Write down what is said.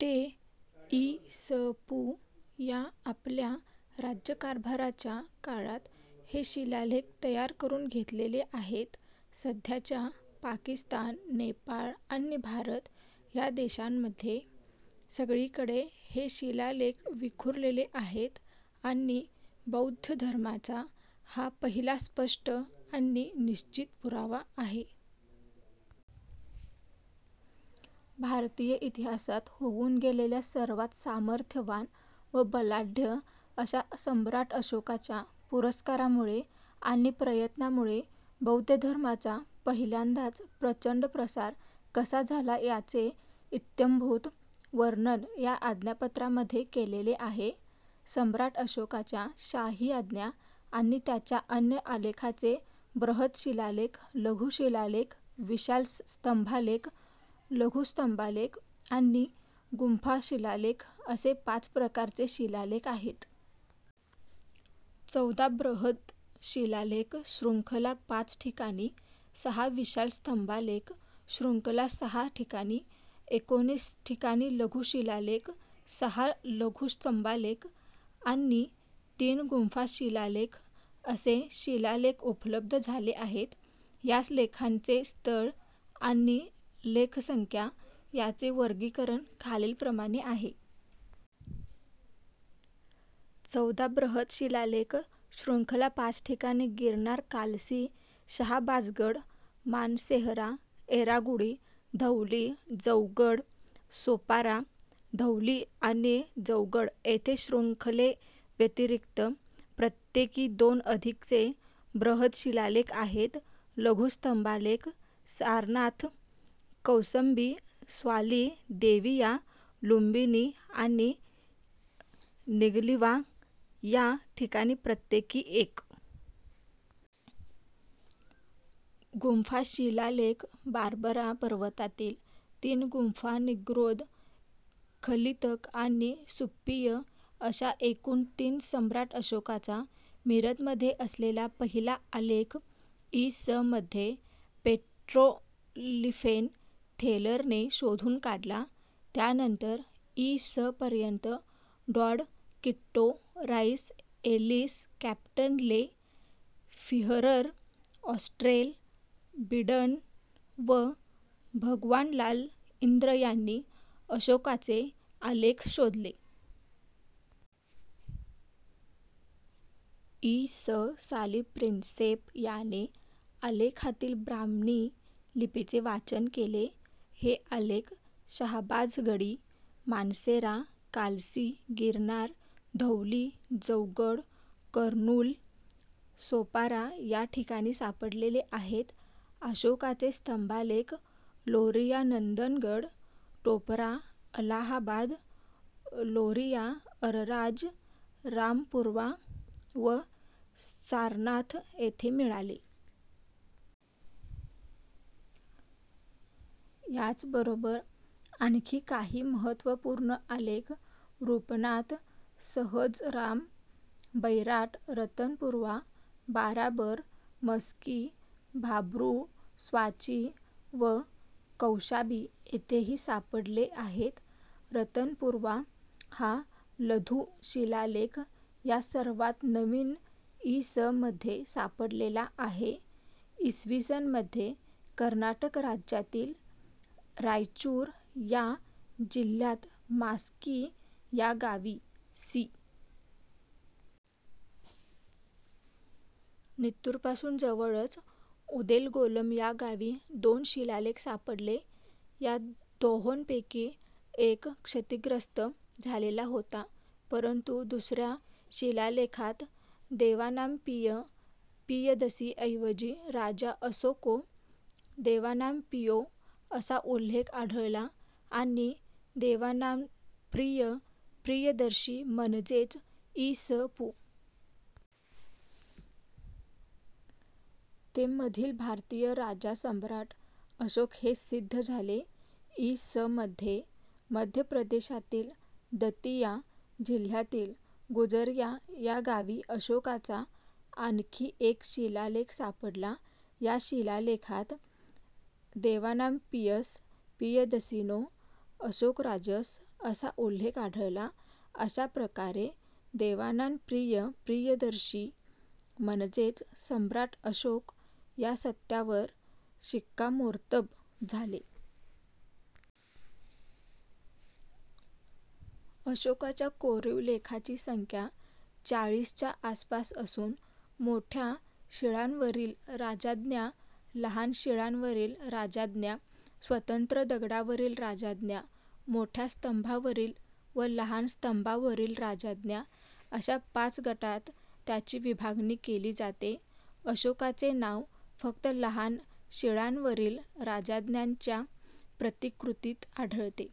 ते इ. स. पू. या आपल्या राज्यकारभाराच्या काळात हे शिलालेख तयार करून घेतलेले आहेत. सध्याच्या पाकिस्तान, नेपाळ आणि भारत या देशांमध्ये सगळीकडे हे शिलालेख विखुरलेले आहेत आणि बौद्ध धर्माचा हा पहिला स्पष्ट आणि निश्चित पुरावा आहे. भारतीय इतिहासात होऊन गेलेल्या सर्वात सामर्थ्यवान व बलाढ्य अशा सम्राट अशोकाच्या पुरस्कारामुळे आणि प्रयत्नांमुळे बौद्ध धर्माचा पहिल्यांदाच प्रचंड प्रसार कसा झाला त्याचे इत्थंभूत वर्णन या आज्ञापत्रांमध्ये केलेले आहे. सम्राट अशोकाच्या शाही आज्ञा आणि त्याच्या अन्य आलेखांचे बृहद शिलालेख, लघु शिलालेख, विशाल स्तंभालेख, लघु स्तंभालेख आणि गुंफा शिलालेख असे पाच प्रकारचे शिलालेख आहेत. चौदा बृहद शिलालेख शृंखला पाच ठिकाणी, सहा विशाल स्तंभालेख शृंखला सहा ठिकाणी, एकोणीस ठिकाणी लघु शिलालेख, सहा लघु स्तंभालेख आणि तीन गुंफा-शिलालेख असे शिलालेख उपलब्ध झाले आहेत. या लेखांचे स्थळ आणि लेख-संख्या असे वर्गीकरण खालील प्रमाणे आहे. चौदा बृहद शिलालेख शृंखला पाच ठिकाणी गिरनार, कालसी, शहाबाजगढ, मानसेहरा येरागुडी, धौली, जौगड, सोपारा. धौली आणि जौगड येथे शृंखलेव्यतिरिक्त प्रत्येकी दोन अधिकचे बृहद शिलालेख आहेत. लघु स्तंभालेख सारनाथ, कौसंबी, सॉंची, देविया, लुंबिनी आणि निगलिवा या ठिकाणी प्रत्येकी एक. गुंफा शिलालेख बार्बरा पर्वतातील तीन गुंफा निग्रोध, खलीतक आणि सुप्पिय अशा एकूण तीन. सम्राट अशोकाचा मीरतमध्ये असलेला पहिला आलेख इ. स. मध्ये पेड्रोटिफेन-थेलरने शोधून काढला. त्यानंतर इ. स. पर्यंत टॉंड, किट्टो, राईस, एलिस, कॅप्टन ले, फीहरर, ऑस्ट्रेल, बीडन व भगवानलाल इंद्र यांनी अशोकाचे आलेख शोधले. इ. स. साली प्रिन्सेप याने आलेखातील ब्राह्मी लिपीचे वाचन केले. हे आलेख शाहबाझगढी, मानसेरा, कालसी, गिरनार, धौली, जौगड, कर्नूल, सोपारा या ठिकाणी सापडलेले आहेत. अशोकाचे स्तंभालेख लोरिया नंदनगड, टोपरा, अलाहाबाद, लोरिया अरराज, रामपुरवा व सारनाथ येथे मिळाले. याचबरोबर आणखी काही महत्त्वपूर्ण आलेख रूपनाथ, सहसराम, बैराट, रतनपूर्वा, बाराबर, मस्की, भाब्रू, सॉंची व कौशांबी येथेही सापडले आहेत. रतनपूर्वा हा लधु शिलालेख या सर्वांत नवीन इ. स. मधे सापडलेला आहे. इसवीसन मधे कर्नाटक राज्यातील रायचूर या जिल्ह्यात मास्की या गावी सी. नित्तूरपासून जवळच उदेलगोलम या गावी दोन शिलालेख सापडले. या दोहोंपैकी एक क्षतिग्रस्त झालेला होता परंतु दुसऱ्या शिलालेखात "देवानांपिय पियदसि" ऐवजी "राजा असोको देवानांपियो" असा उल्लेख आढळला. आणि देवानांप्रिय प्रियदर्शी म्हणजेच इ. स. पू. ते मधील भारतीय राजा सम्राट अशोक हे सिद्ध झाले. इ. स. मधे मध्य प्रदेशातील दतिया जिल्ह्यातील गुजर्रा या गावी अशोकाचा आणखी एक शिलालेख सापडला या शिलालेखात "देवानांपियस पियदसिनो असोकराजस" असा उल्लेख आढळला. अशा प्रकारे देवानांप्रिय प्रियदर्शी म्हणजेच सम्राट अशोक, या सत्यावर शिक्कामोर्तब झाले. अशोकाच्या कोरीव लेखांची संख्या चाळीसच्या आसपास असून मोठ्या शिळांवरील राजाज्ञा, लहान शिळांवरील राजाज्ञा, स्वतंत्र दगडावरील राजाज्ञा, मोठ्या स्तंभावरील व लहान स्तंभावरील राजाज्ञा अशा पाच गटात त्याची विभागणी केली जाते. अशोकाचे नाव फक्त लहान शिळांवरील राजाज्ञांच्या प्रतिकृतीत आढळते.